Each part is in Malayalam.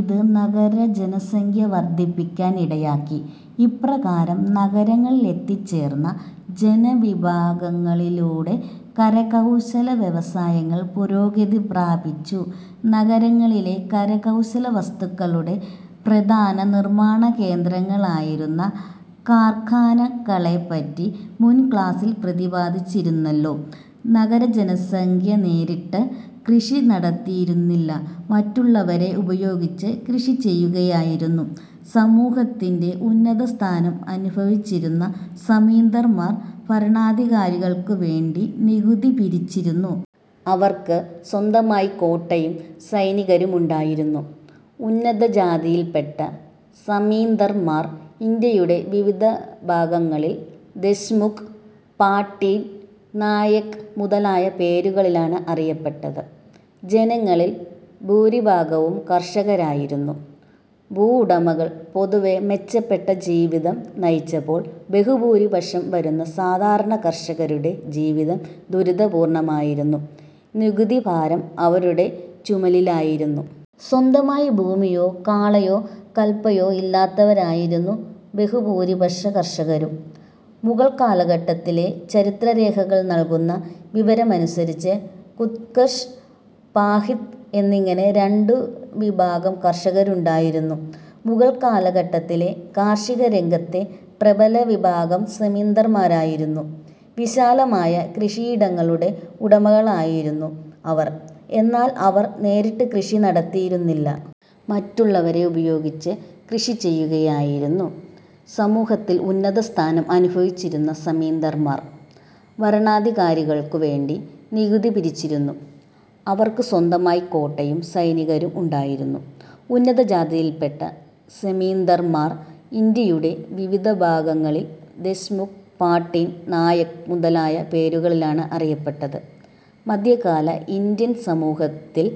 ഇത് നഗരജനസംഖ്യ വർധിക്കാൻ ഇടയാക്കി. ഇപ്രകാരം നഗരങ്ങളിലെത്തിച്ചേർന്ന ജനവിഭാഗങ്ങളിലൂടെ കരകൗശല വ്യവസായങ്ങൾ പുരോഗതി പ്രാപിച്ചു. നഗരങ്ങളിലെ കരകൗശലവസ്തുക്കളുടെ പ്രധാന നിർമാണകേന്ദ്രങ്ങളായിരുന്ന കാർഖാനകളെപ്പറ്റി മുൻ ക്ലാസിൽ പ്രതിപാദിച്ചിരുന്നല്ലോ. നഗരജനസംഖ്യ നേരിട്ട് കൃഷി നടത്തിയിരുന്നില്ല. മറ്റുള്ളവരെ ഉപയോഗിച്ച് കൃഷി ചെയ്യുകയായിരുന്നു. സമൂഹത്തിൽ ഉന്നത സ്ഥാനം അനുഭവിച്ചിരുന്ന സമീന്ദാർമാർ ഭരണാധികാരികൾക്കു വേണ്ടി നികുതി പിരിച്ചിരുന്നു. അവർക്ക് സ്വന്തമായി കോട്ടയും സൈനികരും ഉണ്ടായിരുന്നു. ഉന്നതജാതിയിൽപ്പെട്ട സെമീന്ദാർമാർ ഇന്ത്യയുടെ വിവിധ ഭാഗങ്ങളിൽ ദേശ്മുഖ്, പാട്ടീൽ, നായക് മുതലായ പേരുകളിലാണ് അറിയപ്പെട്ടത്. ജനങ്ങളിൽ ഭൂരിഭാഗവും കർഷകരായിരുന്നു. ഭൂവുടമകൾ പൊതുവെ മെച്ചപ്പെട്ട ജീവിതം നയിച്ചപ്പോൾ ബഹുഭൂരിപക്ഷം വരുന്ന സാധാരണ കർഷകരുടെ ജീവിതം ദുരിതപൂർണമായിരുന്നു. നികുതിഭാരം അവരുടെ ചുമലിലായിരുന്നു. സ്വന്തമായി ഭൂമിയോ കാളയോ കലപ്പയോ ഇല്ലാത്തവരായിരുന്നു ബഹു ഭൂരിപക്ഷം കർഷകരും. മുഗൾ കാലഘട്ടത്തിലെ ചരിത്രരേഖകൾ നൽകുന്ന വിവരണമനുസരിച്ച് ഖുദ് കഷ്, പാഹിക്ത എന്നിങ്ങനെ രണ്ടു വിഭാഗം കർഷകരുണ്ടായിരുന്നു. മുഗൾ കാലഘട്ടത്തിലെ കാർഷികരംഗത്തെ പ്രബല വിഭാഗം സെമീന്ദർമാരായിരുന്നു. വിശാലമായ കൃഷിയിടങ്ങളുടെ ഉടമകളായിരുന്നു അവർ. എന്നാൽ അവർ നേരിട്ട് കൃഷി നടത്തിയിരുന്നില്ല. മറ്റുള്ളവരെ ഉപയോഗിച്ച് കൃഷി ചെയ്യുകയായിരുന്നു. സമൂഹത്തിൽ ഉന്നത സ്ഥാനം അനുഭവിച്ചിരുന്ന സമീന്ദാർമാർ ഭരണാധികാരികൾക്കു വേണ്ടി നികുതി പിരിച്ചിരുന്നു. അവർക്ക് സ്വന്തമായി കോട്ടയും സൈനികരും ഉണ്ടായിരുന്നു. ഉന്നതജാതിയിൽപ്പെട്ട സെമീന്ദാർമാർ ഇന്ത്യയുടെ വിവിധ ഭാഗങ്ങളിൽ ദേശ്മുഖ്, പാട്ടീൽ, നായക് മുതലായ പേരുകളിലാണ് അറിയപ്പെട്ടത്. മധ്യകാല ഇന്ത്യൻ സമൂഹത്തിൽ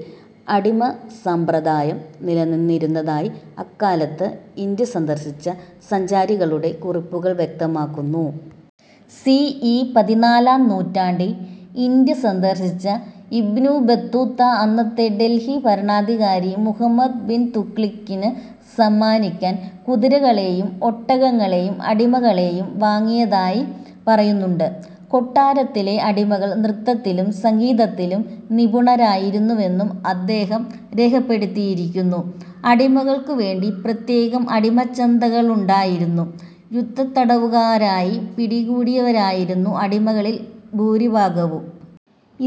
അടിമ സമ്പ്രദായം നിലനിന്നിരുന്നതായി അക്കാലത്ത് ഇന്ത്യ സന്ദർശിച്ച സഞ്ചാരികളുടെ കുറിപ്പുകൾ വ്യക്തമാക്കുന്നു. സി. ഇ. പതിനാലാം നൂറ്റാണ്ടിൽ ഇന്ത്യ സന്ദർശിച്ച ഇബ്നു ബത്തൂത്ത അന്നത്തെ ഡൽഹി ഭരണാധികാരി മുഹമ്മദ് ബിൻ തുഗ്ലക്കിന് സമ്മാനിക്കാൻ കുതിരകളെയും ഒട്ടകങ്ങളെയും അടിമകളെയും വാങ്ങിയതായി പറയുന്നുണ്ട്. കൊട്ടാരത്തിലെ അടിമകൾ നൃത്തത്തിലും സംഗീതത്തിലും നിപുണരായിരുന്നുവെന്നും അദ്ദേഹം രേഖപ്പെടുത്തിയിരിക്കുന്നു. അടിമകൾക്കുവേണ്ടി പ്രത്യേകം അടിമച്ചന്തകളുണ്ടായിരുന്നു. യുദ്ധത്തടവുകാരായി പിടികൂടിയവരായിരുന്നു അടിമകളിൽ ഭൂരിഭാഗവും.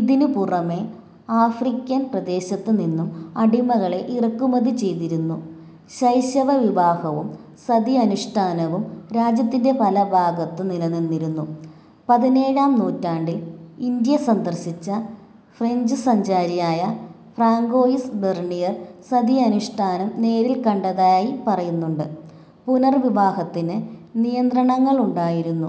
ഇതിനു പുറമെ ആഫ്രിക്കൻ പ്രദേശത്തുനിന്നും അടിമകളെ ഇറക്കുമതി ചെയ്തിരുന്നു. ശൈശവവിവാഹവും സതി അനുഷ്ഠാനവും രാജ്യത്തിന്റെ പല ഭാഗത്തും നിലനിന്നിരുന്നു. പതിനേഴാം നൂറ്റാണ്ടിൽ ഇന്ത്യ സന്ദർശിച്ച ഫ്രഞ്ചു സഞ്ചാരിയായ ഫ്രാങ്കോയിസ് ബർണിയർ സതി അനുഷ്ഠാനം നേരിൽ കണ്ടതായി പറയുന്നുണ്ട്. പുനർവിവാഹത്തിന് നിയന്ത്രണങ്ങളുണ്ടായിരുന്നു.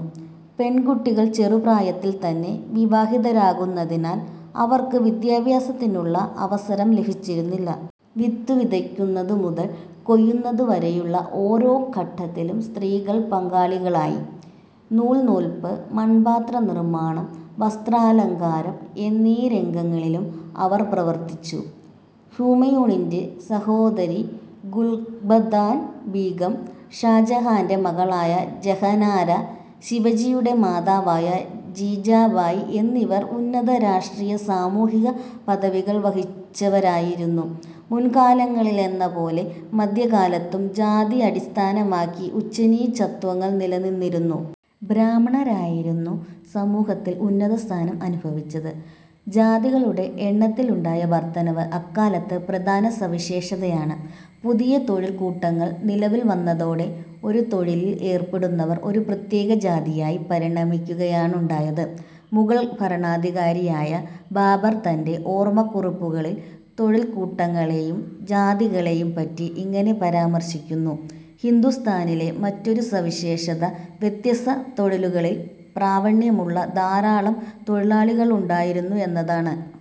പെൺകുട്ടികൾ ചെറുപ്രായത്തിൽത്തന്നെ വിവാഹിതരാകുന്നതിനാൽ അവർക്ക് വിദ്യാഭ്യാസത്തിനുള്ള അവസരം ലഭിച്ചിരുന്നില്ല. വിത്തു വിതയ്ക്കുന്നതു മുതൽ കൊയ്യുന്നതുവരെയുള്ള ഓരോ ഘട്ടത്തിലും സ്ത്രീകൾ പങ്കാളികളായി. നൂൽ നൂൽപ്പ്, മൺപാത്രനിർമാണം, വസ്ത്രാലങ്കാരം എന്നീ രംഗങ്ങളിലും അവർ പ്രവർത്തിച്ചു. ഹുമയൂണിന്റെ സഹോദരി ഗുൽബദാൻ ബീഗം, ഷാജഹാന്റെ മകളായ ജഹനാര, ശിവജിയുടെ മാതാവായ ജീജാഭായ് എന്നിവർ ഉന്നത രാഷ്ട്രീയ-സാമൂഹിക പദവികൾ വഹിച്ചവരായിരുന്നു. മുൻകാലങ്ങളിലെന്നപോലെ മധ്യകാലത്തും ജാതി അടിസ്ഥാനമാക്കി ഉച്ചനീചത്വങ്ങൾ നിലനിന്നിരുന്നു. ബ്രാഹ്മണരായിരുന്നു സമൂഹത്തിൽ ഉന്നതസ്ഥാനം അനുഭവിച്ചത്. ജാതികളുടെ എണ്ണത്തിലുണ്ടായ വർധനവ് അക്കാലത്തെ പ്രധാന സവിശേഷതയാണ്. പുതിയ തൊഴിൽക്കൂട്ടങ്ങൾ നിലവിൽ വന്നതോടെ ഒരു തൊഴിലിൽ ഏർപ്പെടുന്നവർ ഒരു പ്രത്യേക ജാതിയായി പരിണമിക്കുകയാണുണ്ടായത്. മുഗൾ ഭരണാധികാരിയായ ബാബർ തന്റെ ഓർമക്കുറിപ്പുകളിൽ തൊഴിൽക്കൂട്ടങ്ങളെയും ജാതികളെയും പറ്റി ഇങ്ങനെ പരാമർശിക്കുന്നു. ഹിന്ദുസ്ഥാനിലെ മറ്റൊരു സവിശേഷത വ്യത്യസ്ത തൊഴിലുകളിൽ പ്രാവീണ്യമുള്ള ധാരാളം തൊഴിലാളികളുണ്ടായിരുന്നു എന്നതാണ്.